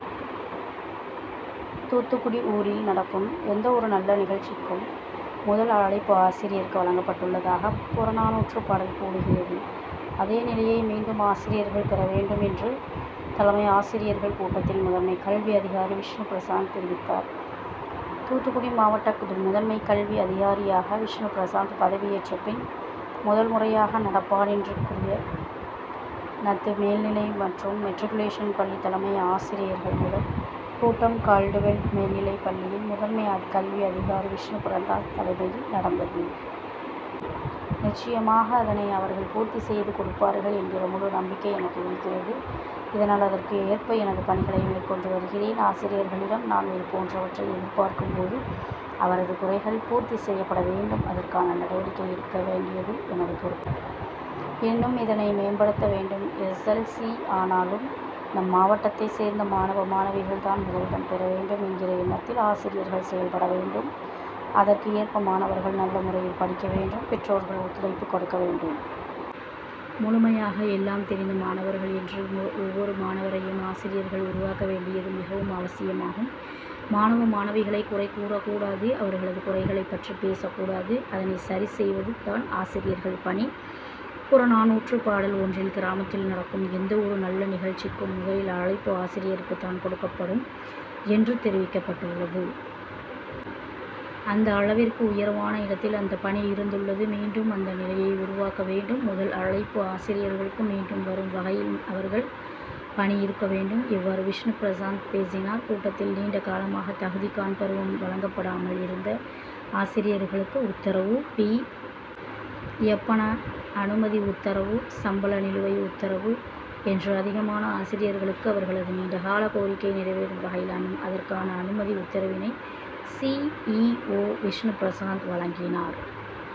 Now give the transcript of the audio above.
தூத்துக்குடி ஊரில் நடக்கும் எந்த ஒரு நல்ல நிகழ்ச்சிக்கு முதல் அழைப்பு ஆசிரியருக்கு வழங்கப்பட்டுள்ளதாக புறநானுற்று பாடல் கூறுகிறது. அதே நிலையை மீண்டும் ஆசிரியர்கள் பெற வேண்டும் என்று தலைமையாசிரியர்கள் கூட்டத்தில் முதன்மை கல்வி அதிகாரி விஷ்ணுபிரசாத் தெரிவித்தார். தூத்துக்குடி மாவட்ட முதன்மை கல்வி அதியாரியாக விஷ்ணுபிரசாத் பதவி ஏற்ற பின் முதல் முறையாக நடப்பாண்டிற்குரிய னத்து மேல்நிலை மற்றும் மெட்ரிக்குலேஷன் பள்ளி தலைமையாசிரியர்கள் முதல் கூட்டம் கால்டுவெல் மேல்நிலைப் பள்ளியில் முதன்மை கல்வி அதிகாரி விஷ்ணுபிரசாத் தலைமையில் நடந்தது. நிச்சயமாக அதனை அவர்கள் பூர்த்தி செய்து கொடுப்பார்கள் என்கிற முழு நம்பிக்கை எனக்கு இருக்கிறது. இதனால் அதற்கு ஏற்ப எனது பணிகளை மேற்கொண்டு வருகிறேன். ஆசிரியர்களிடம் நான் இதுபோன்றவற்றை எதிர்பார்க்கும் போது அவர்களது குறைகள் பூர்த்தி செய்யப்பட வேண்டும். அதற்கான நடவடிக்கை எடு க்க வேண்டியது எனது பொறுப்பு. இன்னும் இதனை மேம்படுத்த வேண்டும். எஸ். எல். சி ஆனாலும் நம் மாவட்டத்தை சேர்ந்த மாணவ மாணவிகள் தான் முதலிடம் பெற வேண்டும் என்கிற எண்ணத்தில் ஆசிரியர்கள் செயல்பட வேண்டும். அதற்கு ஏற்ப மாணவர்கள் நல்ல முறையில் படிக்க வேண்டும். பெற்றோர்கள் ஒத்துழைப்பு கொடுக்க வேண்டும். முழுமையாக எல்லாம் தெரிந்த மாணவர்கள் என்று ஒவ்வொரு மாணவரையும் ஆசிரியர்கள் உருவாக்க வேண்டியது மிகவும் அவசியமாகும். மாணவ மாணவிகளை குறை கூறக் கூடாது. அவர்களது குறைகளை பற்றி பேசக் கூடாது. அதனை சரி செய்வது தான் ஆசிரியர்கள் பணி. புறநானூற்று பாடல் ஒன்றில் கிராமத்தில் நடக்கும் எந்த ஒரு நல்ல நிகழ்ச்சிக்கும் முதலில் அழைப்பு ஆசிரியருக்கு தான் கொடுக்கப்படும் என்று தெரிவிக்கப்பட்டுள்ளது. அந்த அள விற்கு உயர்வான இடத்தில் அந்த பணி இருந்துள்ளது. மீண்டும் அந்த நிலையை உருவாக்க வேண்டும். முதல் அழைப்பு ஆசிரியர்களுக்கு மீண்டும் வரும் வகையில் அவர்கள் பணி இருக்க வேண்டும். இவ்வாறு விஷ்ணுபிரசாத் பேசினார். கூட்டத்தில் நீண்ட காலமாக தகுதி காண் பருவம் வழங்கப்படாமல் இருந்த ஆசிரியர்களுக்கு உத்தரவு பி. எப்பண அனுமதி உத்தரவு சம்பள நிலுவை உத்தரவு என்று அதிகமான ஆசிரியர்களுக்கு அவர்களது நீண்ட கால கோரிக்கை நிறைவேறும் வகையில் அதற்கான அனுமதி உத்தரவினை சி. இ. ஓ விஷ்ணுபிரசாத் வழங்கினார்.